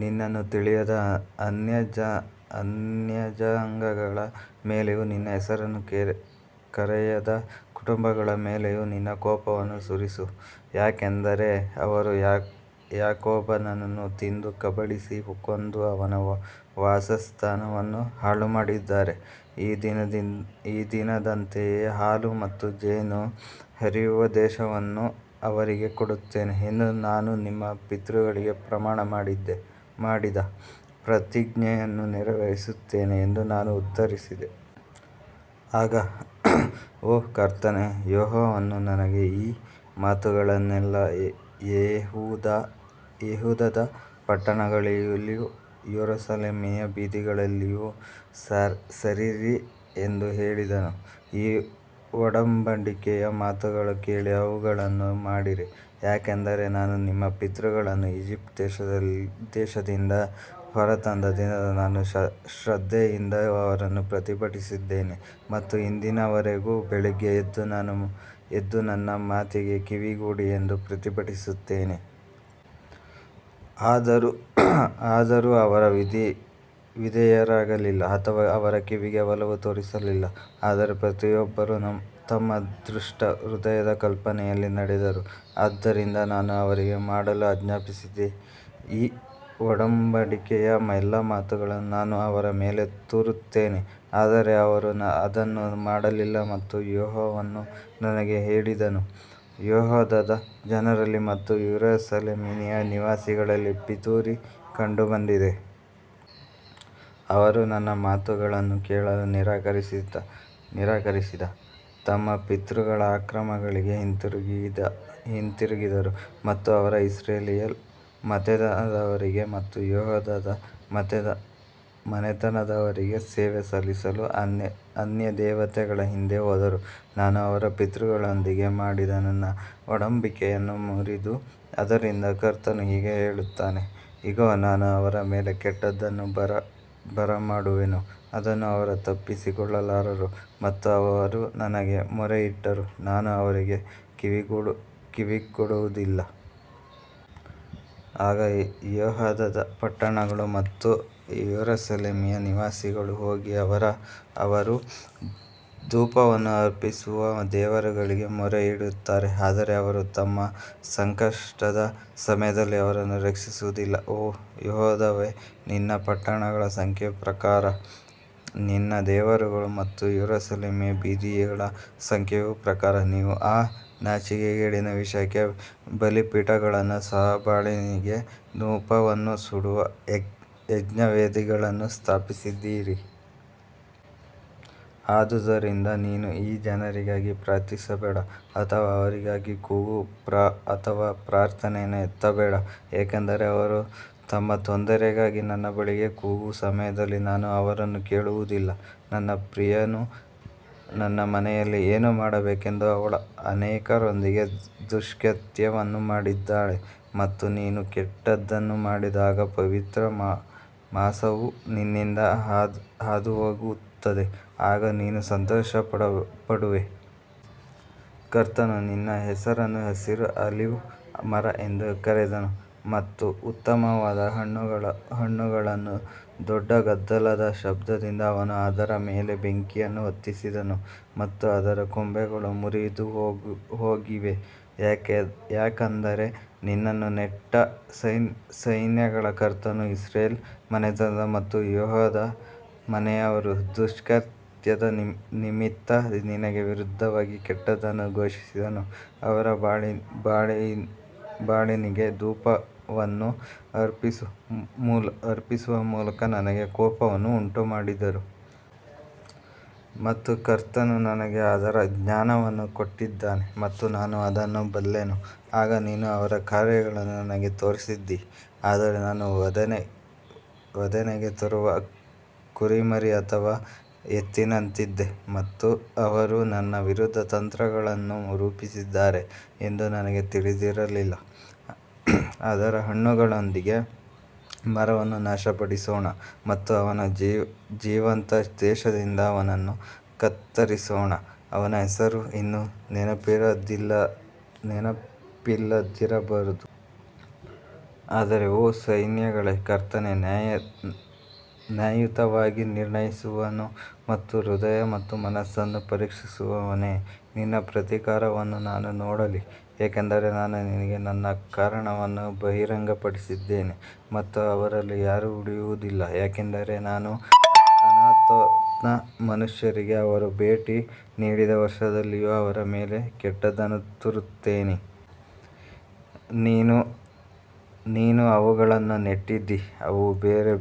ನಿನ್ನನ್ನು ತಿಳಿಯದ ಅನ್ಯಜನಾಂಗಗಳ ಮೇಲೆಯೂ ನಿನ್ನ ಹೆಸರನ್ನು ಕರೆಯದ ಕುಟುಂಬಗಳ ಮೇಲೆಯೂ ನಿನ್ನ ಕೋಪವನ್ನು ಸುರಿಸು, ಯಾಕಂದರೆ ಅವರು ಯಾಕೋಬನನ್ನು ತಿಂದು ಕಬಳಿಸಿ ಕೊಂದು ಅವನ ವಾಸಸ್ಥಾನವನ್ನು ಹಾಳುಮಾಡಿದ್ದಾರೆ. ಈ ದಿನದಂತೆಯೇ ಹಾಲು ಮತ್ತು ಜೇನು ಹರಿಯುವ ದೇಶವನ್ನು ಅವರಿಗೆ ಕೊಡುತ್ತೇನೆ ಎಂದು ನಾನು ನಿಮ್ಮ ಪಿತೃಗಳಿಗೆ ಪ್ರಮಾಣ ಮಾಡಿದ ಪ್ರತಿಜ್ಞೆಯನ್ನು ನೆರವೇರಿಸುತ್ತೇನೆ ಎಂದು ನಾನು ಉತ್ತರಿಸಿದೆ. ಆಗ ಓ ಕರ್ತನೇ, ಯೆಹೋವನು ನನಗೆ ಈ ಮಾತುಗಳನ್ನೆಲ್ಲಾ ಯೆಹೂದದ ಪಟ್ಟಣಗಳಲ್ಲಿಯೂ ಯೆರೂಸಲೇಮಿನ ಬೀದಿಗಳಲ್ಲಿಯೂ ಸಾರಿರಿ ಎಂದು ಹೇಳಿದನು. ಈ ಒಡಂಬಡಿಕೆಯ ಮಾತುಗಳನ್ನು ಕೇಳಿ ಅವುಗಳನ್ನು ಮಾಡಿರಿ, ಯಾಕಂದರೆ ನಾನು ನಿಮ್ಮ ಪಿತೃಗಳನ್ನು ಈಜಿಪ್ಟ್ ದೇಶದಿಂದ ಹೊರತಂದ ದಿನದಲ್ಲಿ ನಾನು ಶ್ರದ್ಧೆಯಿಂದ ಅವರನ್ನು ಪ್ರತಿಭಟಿಸಿದ್ದೇನೆ ಮತ್ತು ಇಂದಿನವರೆಗೂ ಬೆಳಿಗ್ಗೆ ಎದ್ದು ನನ್ನ ಮಾತಿಗೆ ಕಿವಿಗೊಡಿ ಎಂದು ಪ್ರತಿಭಟಿಸುತ್ತೇನೆ. ಆದರೂ ಅವರು ವಿಧೇಯರಾಗಲಿಲ್ಲ ಅಥವಾ ಅವರ ಕಿವಿಗೆ ಒಲವು ತೋರಿಸಲಿಲ್ಲ, ಆದರೆ ಪ್ರತಿಯೊಬ್ಬರೂ ತಮ್ಮ ದುಷ್ಟ ಹೃದಯದ ಕಲ್ಪನೆಯಲ್ಲಿ ನಡೆದರು, ಆದ್ದರಿಂದ ನಾನು ಅವರಿಗೆ ಮಾಡಲು ಆಜ್ಞಾಪಿಸಿದ ಈ ಒಡಂಬಡಿಕೆಯ ಎಲ್ಲಾ ಮಾತುಗಳನ್ನು ನಾನು ಅವರ ಮೇಲೆ ತರುತ್ತೇನೆ, ಆದರೆ ಅವರು ಅದನ್ನು ಮಾಡಲಿಲ್ಲ. ಮತ್ತು ಯೆಹೋವನು ನನಗೆ ಹೇಳಿದನು, ಯೆಹೂದದ ಜನರಲ್ಲಿ ಮತ್ತು ಯೆರೂಸಲೇಮಿನ ನಿವಾಸಿಗಳಲ್ಲಿ ಪಿತೂರಿ ಕಂಡುಬಂದಿದೆ. ಅವರು ನನ್ನ ಮಾತುಗಳನ್ನು ಕೇಳಲು ನಿರಾಕರಿಸಿದ ತಮ್ಮ ಪಿತೃಗಳ ಅಕ್ರಮಗಳಿಗೆ ಹಿಂತಿರುಗಿದರು ಮತ್ತು ಅವರು ಇಸ್ರಾಯೇಲ್ ಮನೆತನದವರಿಗೆ ಮತ್ತು ಯೆಹೂದದ ಮನೆತನದವರಿಗೆ ಸೇವೆ ಸಲ್ಲಿಸಲು ಅನ್ಯದೇವತೆಗಳ ಹಿಂದೆ ಹೋದರು, ನಾನು ಅವರ ಪಿತೃಗಳೊಂದಿಗೆ ಮಾಡಿದ ನನ್ನ ಒಡಂಬಡಿಕೆಯನ್ನು ಮುರಿದರು. ಆದದರಿಂದ ಕರ್ತನು ಹೀಗೆ ಹೇಳುತ್ತಾನೆ, ಇಗೋ, ನಾನು ಅವರ ಮೇಲೆ ಕೆಟ್ಟದ್ದನ್ನು ಬರಮಾಡುವೆನು, ಅದನ್ನು ಅವರು ತಪ್ಪಿಸಿಕೊಳ್ಳಲಾರರು ಮತ್ತು ಅವರು ನನಗೆ ಮೊರೆಯಿಟ್ಟರೂ ನಾನು ಅವರಿಗೆ ಕಿವಿಗೊಡುವುದಿಲ್ಲ. ಆಗ ಯೆಹೂದದ ಪಟ್ಟಣಗಳು ಮತ್ತು ಯೆರೂಸಲೇಮಿನ ನಿವಾಸಿಗಳು ಹೋಗಿ ಅವರು ಧೂಪವನ್ನು ಅರ್ಪಿಸುವ ದೇವರುಗಳಿಗೆ ಮೊರೆಯಿಡುತ್ತಾರೆ, ಆದರೆ ಅವರು ತಮ್ಮ ಸಂಕಷ್ಟದ ಸಮಯದಲ್ಲಿ ಅವರನ್ನು ರಕ್ಷಿಸುವುದಿಲ್ಲ. ಓ ಯೆಹೂದವೇ, ನಿನ್ನ ಪಟ್ಟಣಗಳ ಸಂಖ್ಯೆಯ ಪ್ರಕಾರ ನಿನ್ನ ದೇವರುಗಳು ಮತ್ತು ಯೆರೂಸಲೇಮಿನ ಬೀದಿಗಳ ಸಂಖ್ಯೆಯ ಪ್ರಕಾರ ನೀವು ಆ ನಾಚಿಕೆಗೇಡಿನ ವಿಷಯಕ್ಕೆ ಬಲಿಪೀಠಗಳನ್ನು ಸಹ ಬಾಳನಿಗೆ ಧೂಪವನ್ನು ಸುಡುವ ಯಜ್ಞವೇದಿಗಳನ್ನು ಸ್ಥಾಪಿಸಿದ್ದೀರಿ. ಆದುದರಿಂದ ನೀನು ಈ ಜನರಿಗಾಗಿ ಪ್ರಾರ್ಥಿಸಬೇಡ ಅಥವಾ ಅವರಿಗಾಗಿ ಕೂಗು ಅಥವಾ ಪ್ರಾರ್ಥನೆಯನ್ನು ಎತ್ತಬೇಡ, ಏಕೆಂದರೆ ಅವರು ತಮ್ಮ ತೊಂದರೆಗಾಗಿ ನನ್ನ ಬಳಿಗೆ ಕೂಗುವ ಸಮಯದಲ್ಲಿ ನಾನು ಅವರನ್ನು ಕೇಳುವುದಿಲ್ಲ. ನನ್ನ ಪ್ರಿಯನು ನನ್ನ ಮನೆಯಲ್ಲಿ ಏನು ಮಾಡಬೇಕೆಂದು ಅವಳು ಅನೇಕರೊಂದಿಗೆ ದುಷ್ಕೃತ್ಯವನ್ನು ಮಾಡಿದ್ದಾಳೆ ಮತ್ತು ನೀನು ಕೆಟ್ಟದ್ದನ್ನು ಮಾಡಿದಾಗ ಪವಿತ್ರ ಮಾಂಸವು ನಿನ್ನಿಂದ ಹಾದುಹೋಗುತ್ತದೆ, ಆಗ ನೀನು ಸಂತೋಷಪಡುವೆ. ಕರ್ತನು ನಿನ್ನ ಹೆಸರನ್ನು ಹಸಿರು ಆಲಿವ್ ಮರ ಎಂದು ಕರೆದನು ಮತ್ತು ಉತ್ತಮವಾದ ಹಣ್ಣುಗಳನ್ನು ದೊಡ್ಡ ಗದ್ದಲದ ಶಬ್ದದಿಂದ ಅವನು ಅದರ ಮೇಲೆ ಬೆಂಕಿಯನ್ನು ಹೊತ್ತಿಸಿದನು ಮತ್ತು ಅದರ ಕೊಂಬೆಗಳು ಮುರಿದುಹೋಗಿವೆ. ಯಾಕಂದರೆ ನಿನ್ನನ್ನು ನೆಟ್ಟ ಸೈನ್ಯಗಳ ಕರ್ತನು ಇಸ್ರಾಯೇಲ್ ಮನೆತನದ ಮತ್ತು ಯೆಹೂದದ ಮನೆಯವರ ದುಷ್ಕೃತ್ಯದ ನಿಮಿತ್ತ ನಿನಗೆ ವಿರುದ್ಧವಾಗಿ ಕೆಟ್ಟದ್ದನ್ನು ಘೋಷಿಸಿದನು, ಅವರು ಬಾಳನಿಗೆ ಧೂಪವನ್ನು ಅರ್ಪಿಸುವ ಮೂಲಕ ನನಗೆ ಕೋಪವನ್ನು ಉಂಟುಮಾಡಿದರು. ಮತ್ತು ಕರ್ತನು ನನಗೆ ಅದರ ಜ್ಞಾನವನ್ನು ಕೊಟ್ಟಿದ್ದಾನೆ ಮತ್ತು ನಾನು ಅದನ್ನು ಬಲ್ಲೆನು, ಆಗ ನೀನು ಅವರ ಕಾರ್ಯಗಳನ್ನು ನನಗೆ ತೋರಿಸಿದ್ದೀ. ಆದರೆ ನಾನು ವಧೆಗೆ ತರುವ ಕುರಿಮರಿ ಅಥವಾ ಎತ್ತಿನಂತಿದ್ದೆ ಮತ್ತು ಅವರು ನನ್ನ ವಿರುದ್ಧ ತಂತ್ರಗಳನ್ನು ರೂಪಿಸಿದ್ದಾರೆ ಎಂದು ನನಗೆ ತಿಳಿದಿರಲಿಲ್ಲ. ಅದರ ಹಣ್ಣುಗಳೊಂದಿಗೆ ಮರವನ್ನು ನಾಶಪಡಿಸೋಣ ಮತ್ತು ಅವನ ಜೀವಂತ ದೇಶದಿಂದ ಅವನನ್ನು ಕತ್ತರಿಸೋಣ, ಅವನ ಹೆಸರು ಇನ್ನು ನೆನಪಿಲ್ಲದಿರಬಹುದು. ಆದರೆ ಓ ಸೈನ್ಯಗಳ ಕರ್ತನೇ, ನ್ಯಾಯಯುತವಾಗಿ ನಿರ್ಣಯಿಸುವವನು ಮತ್ತು ಹೃದಯ ಮತ್ತು ಮನಸ್ಸನ್ನು ಪರೀಕ್ಷಿಸುವವನೇ, ನಿನ್ನ ಪ್ರತೀಕಾರವನ್ನು ನಾನು ನೋಡಲಿ, ಏಕೆಂದರೆ ನಾನು ನಿನಗೆ ನನ್ನ ಕಾರಣವನ್ನು ಬಹಿರಂಗಪಡಿಸಿದ್ದೇನೆ. ಮತ್ತು ಅವರಲ್ಲಿ ಯಾರೂ ಉಳಿಯುವದಿಲ್ಲ, ಏಕೆಂದರೆ ನಾನು ಅನಾತೋತ್ನ ಮನುಷ್ಯರಿಗೆ ಅವರು ಭೇಟಿ ನೀಡಿದ ವರ್ಷದಲ್ಲಿಯೂ ಅವರ ಮೇಲೆ ಕೆಟ್ಟದ್ದನ್ನು ತರುತ್ತೇನೆ. ನೀನು ಅವುಗಳನ್ನು ನೆಟ್ಟಿದ್ದೀ, ಅವು ಬೇರು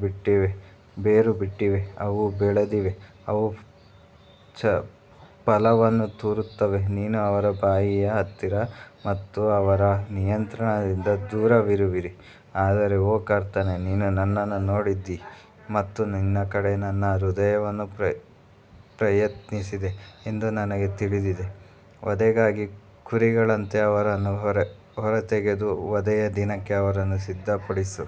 ಬಿಟ್ಟಿವೆ, ಅವು ಬೆಳೆದಿವೆ, ಅವು ಫಲವನ್ನು ತರುತ್ತವೆ. ನೀವು ಅವರ ಬಾಯಿಯ ಹತ್ತಿರ ಮತ್ತು ಅವರ ನಿಯಂತ್ರಣದಿಂದ ದೂರವಿರುವಿರಿ. ಆದರೆ ಓ ಕರ್ತನೇ, ನೀನು ನನ್ನನ್ನು ನೋಡಿದ್ದೀ ಮತ್ತು ನಿನ್ನ ಕಡೆಗೆ ನನ್ನ ಹೃದಯವನ್ನು ಪ್ರಯತ್ನಿಸಿದೆ ಎಂದು ನನಗೆ ತಿಳಿದಿದೆ. ವಧೆಗಾಗಿ ಕುರಿಗಳಂತೆ ಅವರನ್ನು ಹೊರತೆಗೆದು ವಧೆಯ ದಿನಕ್ಕೆ ಅವರನ್ನು ಸಿದ್ಧಪಡಿಸು.